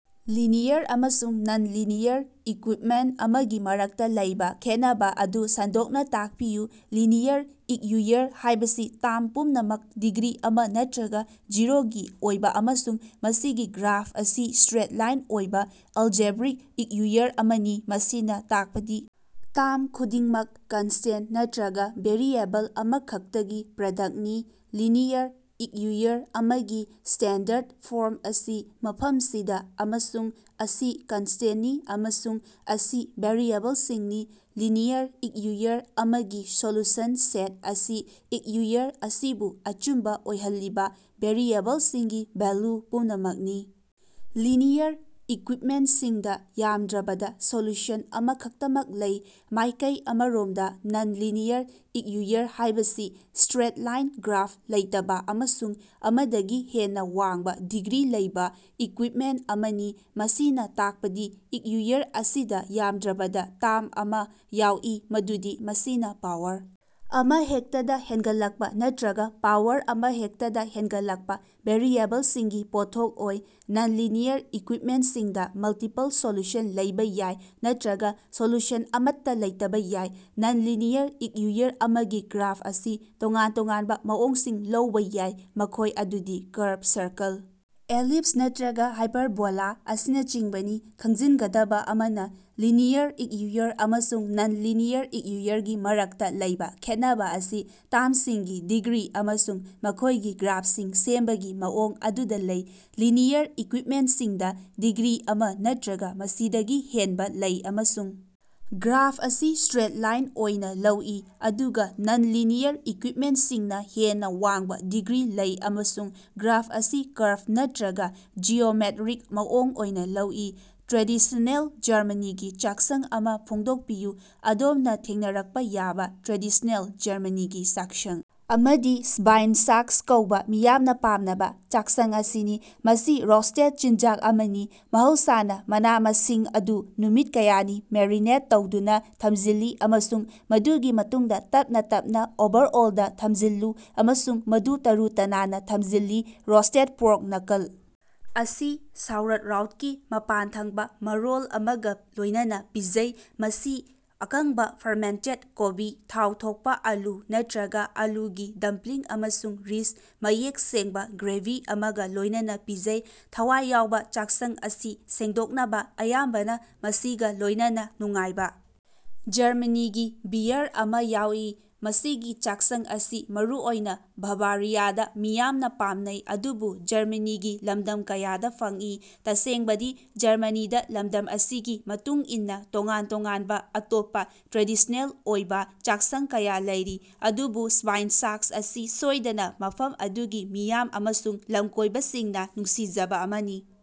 Linear ꯑꯃꯁꯨꯡ non-linear equipment ꯑꯃꯒꯤ ꯃꯔꯛꯇ ꯂꯩꯕꯥ ꯈꯦꯠꯅꯕꯥ ꯑꯗꯨ ꯁꯟꯗꯣꯛꯅ ꯇꯥꯛꯄꯤꯌꯨ꯫ ꯂꯤꯅꯤꯌꯔ ꯏꯛꯌꯨꯏꯌꯔ ꯍꯥꯢꯕꯁꯤ ꯇꯥꯝ ꯄꯨꯝꯅꯃꯛ ꯗꯤꯒ꯭ꯔꯤ ꯑꯃ ꯅꯠꯇ꯭ꯔꯒ ꯖꯤꯔꯣꯒꯤ ꯑꯣꯏꯕ ꯑꯃꯁꯨꯡ ꯃꯁꯤꯒꯤ ꯒ꯭ꯔꯥꯐ ꯑꯁꯤ ꯁꯇ꯭ꯔꯦꯠ ꯂꯥꯏꯟ ꯑꯣꯏꯕ ꯑꯦꯜꯖꯦꯕ꯭ꯔꯤꯛ ꯏꯛꯌꯨꯏꯌꯔ ꯑꯃꯅꯤ꯫ ꯃꯁꯤꯅ ꯇꯥꯛꯄꯗꯤ ꯇꯥꯝ ꯈꯨꯗꯤꯡꯃꯛ ꯀꯟꯁꯇꯦꯟ ꯅꯠꯇ꯭ꯔꯒꯥ ꯚꯦꯔꯤꯑꯦꯕꯜ ꯑꯃꯈꯛꯇꯒꯤ ꯄ꯭ꯔꯗꯛꯇꯅꯤ꯫ ꯂꯤꯅꯤꯌꯔ ꯏꯛꯌꯨꯏꯌꯔ ꯑꯃꯒꯤ ꯁ꯭ꯇꯦꯟꯗꯔꯗ ꯐꯣꯔꯝ ꯑꯁꯤ ꯃꯐꯝꯁꯤꯗꯥ, ꯑꯃꯁꯨꯡ ꯑꯁꯤ ꯀꯟꯁꯇꯦꯟꯅꯤ ꯑꯃꯁꯨꯡ ꯑꯁꯤ ꯚꯦꯔꯤꯑꯦꯕꯜꯁꯤꯡꯅꯤ꯫ ꯂꯤꯅꯤꯌꯔ ꯏꯛꯌꯨꯏꯌꯔ ꯑꯃꯒꯤ ꯁꯣꯂꯨꯁꯟ ꯁꯦꯠ ꯑꯁꯤ ꯏꯛꯌꯨꯏꯌꯔ ꯑꯁꯤꯕꯨ ꯑꯆꯨꯝꯕ ꯑꯣꯏꯍꯜꯂꯤꯕꯥ ꯚꯦꯔꯤꯑꯦꯕꯜꯁꯤꯡꯒꯤ ꯚꯦꯜꯂꯨ ꯄꯨꯝꯅꯃꯛꯅꯤ꯫ ꯂꯤꯅꯤꯌꯔ ꯏꯛꯀꯨꯏꯞꯃꯦꯟꯇꯁꯤꯡꯗ ꯌꯥꯝꯗ꯭ꯔꯕꯗꯥ ꯁꯣꯜꯂꯨꯁꯟ ꯑꯃꯈꯛꯇꯃꯛ ꯂꯩ꯫ ꯃꯥꯢꯀꯩ ꯑꯃꯔꯣꯝꯗ ꯅꯟ-ꯂꯤꯅꯤꯌꯔ ꯏꯛꯌꯨꯏꯌꯔ ꯍꯥꯢꯕꯁꯤ ꯁ꯭ꯇꯔꯦꯠ-ꯂꯥꯏꯟ ꯒ꯭ꯔꯥꯐ ꯂꯩꯇꯕꯥ ꯑꯃꯁꯨꯡ ꯑꯃꯗꯒꯤ ꯍꯦꯟꯅ ꯋꯥꯡꯕ ꯗꯤꯒ꯭ꯔꯤ ꯂꯩꯕꯥ ꯏꯛꯀꯨꯏꯞꯃꯦꯟ ꯑꯃꯅꯤ꯫ ꯃꯁꯤꯅꯥ ꯇꯥꯛꯄꯗꯤ ꯏꯛꯌꯨꯏꯌꯔ ꯑꯁꯤꯗ ꯌꯥꯝꯗ꯭ꯔꯕꯗꯥ ꯇꯥꯝ ꯑꯃ ꯌꯥꯎꯏ ꯃꯗꯨꯗꯤ ꯃꯁꯤꯅ ꯄꯥꯋꯔ ꯑꯃꯍꯦꯛꯇꯗ ꯍꯦꯟꯒꯠꯂꯛꯄ ꯅꯠꯇ꯭ꯔꯒ ꯄꯥꯋꯔ ꯑꯃꯍꯦꯛꯇꯗꯥ ꯍꯦꯟꯒꯠꯂꯛꯄ ꯚꯦꯔꯤꯑꯦꯕꯜꯁꯤꯡꯒꯤ ꯄꯣꯠꯊꯣꯛ ꯑꯣꯏ꯫ ꯅꯟ-ꯂꯤꯅꯤꯌꯔ ꯏꯛꯀꯨꯏꯞꯃꯦꯟꯇꯁꯤꯡꯗ ꯃꯜꯇꯤꯄꯜ ꯁꯣꯜꯂꯨꯁꯟ ꯂꯩꯕ ꯌꯥꯏ ꯅꯠꯇ꯭ꯔꯒ ꯁꯣꯜꯂꯨꯁꯟ ꯑꯃꯠꯇꯥ ꯂꯩꯇꯕ ꯌꯥꯏ꯫ ꯅꯟ-ꯂꯤꯅꯤꯌꯔ ꯏꯛꯌꯨꯏꯌꯔ ꯑꯃꯒꯤ ꯒ꯭ꯔꯥꯐ ꯑꯁꯤ ꯇꯣꯉꯥꯟ-ꯇꯣꯉꯥꯟꯕ ꯃꯑꯣꯡꯁꯤꯡ ꯂꯧꯕꯥ ꯌꯥꯏ, ꯃꯈꯣꯏ ꯑꯗꯨꯗꯤ ꯀꯔꯕ, ꯁꯔꯀꯜ, ꯑꯦꯂꯤꯞꯁ ꯅꯠꯇ꯭ꯔꯒ ꯍꯥꯏꯄꯔꯕꯣꯂꯥ ꯑꯁꯤꯅꯆꯤꯡꯕꯅꯤ꯫ ꯈꯪꯖꯤꯟꯒꯗꯕ ꯑꯃꯅ, ꯂꯤꯅꯤꯌꯔ ꯏꯛꯌꯨꯏꯌꯔ ꯑꯃꯁꯨꯡ ꯅꯟ-ꯂꯤꯅꯤꯌꯔ ꯏꯛꯌꯨꯏꯌꯔꯒꯤ ꯃꯔꯛꯇꯥ ꯂꯩꯕꯥ ꯈꯦꯠꯅꯕꯥ ꯑꯁꯤ ꯇꯥꯝꯁꯤꯡꯒꯤ ꯗꯤꯒ꯭ꯔꯤ ꯑꯃꯁꯨꯡ ꯃꯈꯣꯢꯒꯤ ꯒ꯭ꯔꯥꯐꯁꯤꯡ ꯁꯦꯝꯕꯒꯤ ꯃꯑꯣꯡ ꯑꯗꯨꯗꯥ ꯂꯩ꯫ ꯂꯤꯅꯤꯌꯔ ꯏꯛꯀꯨꯏꯞꯃꯦꯟꯇꯁꯤꯡꯗ ꯗꯤꯒ꯭ꯔꯤ ꯑꯃ ꯅꯠꯇ꯭ꯔꯒ ꯃꯁꯤꯗꯒꯤ ꯍꯦꯟꯕ ꯂꯩ ꯑꯃꯁꯨꯡ ꯒ꯭ꯔꯥꯐ ꯑꯁꯤ ꯁꯇ꯭ꯔꯦꯠ ꯂꯥꯏꯟ ꯑꯣꯏꯅ ꯂꯧꯏ, ꯑꯗꯨꯒ ꯅꯟ-ꯂꯤꯅꯤꯌꯔ ꯏꯛꯀꯨꯏꯞꯃꯦꯟꯇꯁꯤꯡꯅ ꯍꯦꯟꯅ ꯋꯥꯡꯕ ꯗꯤꯒ꯭ꯔꯤ ꯂꯩ ꯑꯃꯁꯨꯡ ꯒ꯭ꯔꯥꯐ ꯑꯁꯤ ꯀꯔꯕ ꯅꯠꯇ꯭ꯔꯒ ꯖꯤꯑꯣꯃꯦꯠꯔꯤꯛ ꯃꯑꯣꯡ ꯑꯣꯏꯅ ꯂꯧꯏ꯫ ꯇ꯭ꯔꯦꯗꯤꯁꯅꯦꯜ ꯖꯔꯃꯅꯤꯒꯤ ꯆꯥꯛꯁꯪ ꯑꯃ ꯐꯣꯡꯗꯣꯛꯄꯤꯌꯨ꯫ ꯑꯗꯣꯝꯅ ꯊꯦꯡꯅꯔꯛꯄ ꯌꯥꯕ ꯇ꯭ꯔꯦꯗꯤꯁ꯭ꯅꯦꯜ ꯖꯔꯃꯅꯤꯒꯤ ꯆꯥꯛꯁꯪ ꯑꯃꯗꯤ ꯁ꯭ꯕꯥꯏꯟꯁꯥꯛꯁ ꯀꯧꯕꯥ ꯃꯤꯌꯥꯝꯅ ꯄꯥꯝꯅꯕ ꯆꯥꯛꯁꯪ ꯑꯁꯤꯅꯤ, ꯃꯁꯤ ꯔꯣꯁ꯭ꯇꯦꯗ ꯆꯤꯟꯖꯥꯛ ꯑꯃꯅꯤ꯫ ꯃꯍꯧꯁꯥꯅ, ꯃꯅꯥ-ꯃꯁꯤꯡ ꯑꯗꯨ ꯅꯨꯃꯤꯠ ꯀꯌꯥꯅꯤ ꯃꯦꯔꯤꯅꯦꯠ ꯇꯧꯗꯨꯅꯥ ꯊꯝꯖꯤꯜꯂꯤ ꯑꯃꯁꯨꯡ ꯃꯗꯨꯒꯤ ꯃꯇꯨꯡꯗ ꯇꯞꯅ ꯇꯞꯅ ꯑꯣꯚꯔꯑꯣꯜꯗꯥ ꯊꯝꯖꯤꯜꯂꯨ ꯑꯃꯁꯨꯡ ꯃꯗꯨ ꯇꯔꯨ-ꯇꯅꯥꯟꯅꯥ ꯊꯝꯖꯤꯜꯂꯤ꯫ ꯔꯣꯁ꯭ꯇꯦꯗ ꯄꯣꯔꯛ ꯅꯀꯜ ꯑꯁꯤ ꯁꯥꯎꯔꯛꯔꯥꯎꯠꯀꯤ ꯃꯄꯥꯟꯊꯪꯕꯥ ꯃꯔꯣꯜ ꯑꯃꯒ ꯂꯣꯏꯅꯅꯥ ꯄꯤꯖꯩ, ꯃꯁꯤ ꯑꯀꯪꯕꯥ ꯐꯔꯃꯦꯟꯇꯦꯠ ꯀꯣꯕꯤ, ꯊꯥꯎ ꯊꯣꯛꯄꯥ ꯑꯥꯂꯨ ꯅꯠꯇ꯭ꯔꯒ ꯑꯥꯂꯨꯒꯤ ꯗꯝꯄ꯭ꯂꯤꯡ ꯑꯃꯁꯨꯡ ꯔꯤꯁ, ꯃꯌꯦꯛ ꯁꯦꯡꯕꯥ ꯒ꯭ꯔꯦꯚꯤ ꯑꯃꯒ ꯂꯣꯢꯅꯅꯥ ꯄꯤꯖꯩ꯫ ꯊꯋꯥꯏ ꯌꯥꯎꯕꯥ ꯆꯥꯛꯁꯪ ꯑꯁꯤ ꯁꯦꯡꯗꯣꯛꯅꯕꯥ ꯑꯌꯥꯝꯕꯅ ꯃꯁꯤꯒ ꯂꯣꯢꯅꯅꯥ ꯅꯨꯡꯉꯥꯏꯕꯥ ꯖꯔꯃꯅꯤꯒꯤ ꯕꯤꯌꯔ ꯑꯃ ꯌꯥꯎꯏ꯫ ꯃꯁꯤꯒꯤ ꯆꯥꯛꯁꯪ ꯑꯁꯤ ꯃꯔꯨꯑꯣꯏꯅ ꯕꯥꯚꯥꯔꯤꯌꯥꯗꯥ ꯃꯤꯌꯥꯝꯅ ꯄꯥꯝꯅꯩ, ꯑꯗꯨꯕꯨ ꯖꯔꯃꯅꯤꯒꯤ ꯂꯝꯗꯝ ꯀꯌꯥꯗ ꯐꯪꯏ꯫ ꯇꯁꯦꯡꯕꯗꯤ ꯖꯔꯃꯅꯤꯗꯥ ꯂꯝꯗꯝ ꯑꯁꯤꯒꯤ ꯃꯇꯨꯡ ꯏꯟꯅ ꯇꯣꯉꯥꯟ ꯇꯣꯉꯥꯟꯕ ꯑꯇꯣꯞꯄ ꯇ꯭ꯔꯦꯗꯤꯁ꯭ꯅꯦꯜ ꯑꯣꯏꯕ ꯆꯥꯛꯁꯪ ꯀꯌꯥ ꯂꯩꯔꯤ, ꯑꯗꯨꯕꯨ ꯁ꯭ꯕꯥꯏꯟꯁꯥꯛꯁ ꯑꯁꯤ ꯁꯣꯏꯗꯅꯥ ꯃꯐꯝ ꯑꯗꯨꯒꯤ ꯃꯤꯌꯥꯝ ꯑꯃꯁꯨꯡ ꯂꯝꯀꯣꯏꯕꯁꯤꯡꯅꯥ ꯅꯨꯡꯁꯤꯖꯕꯥ ꯑꯃꯅꯤ꯫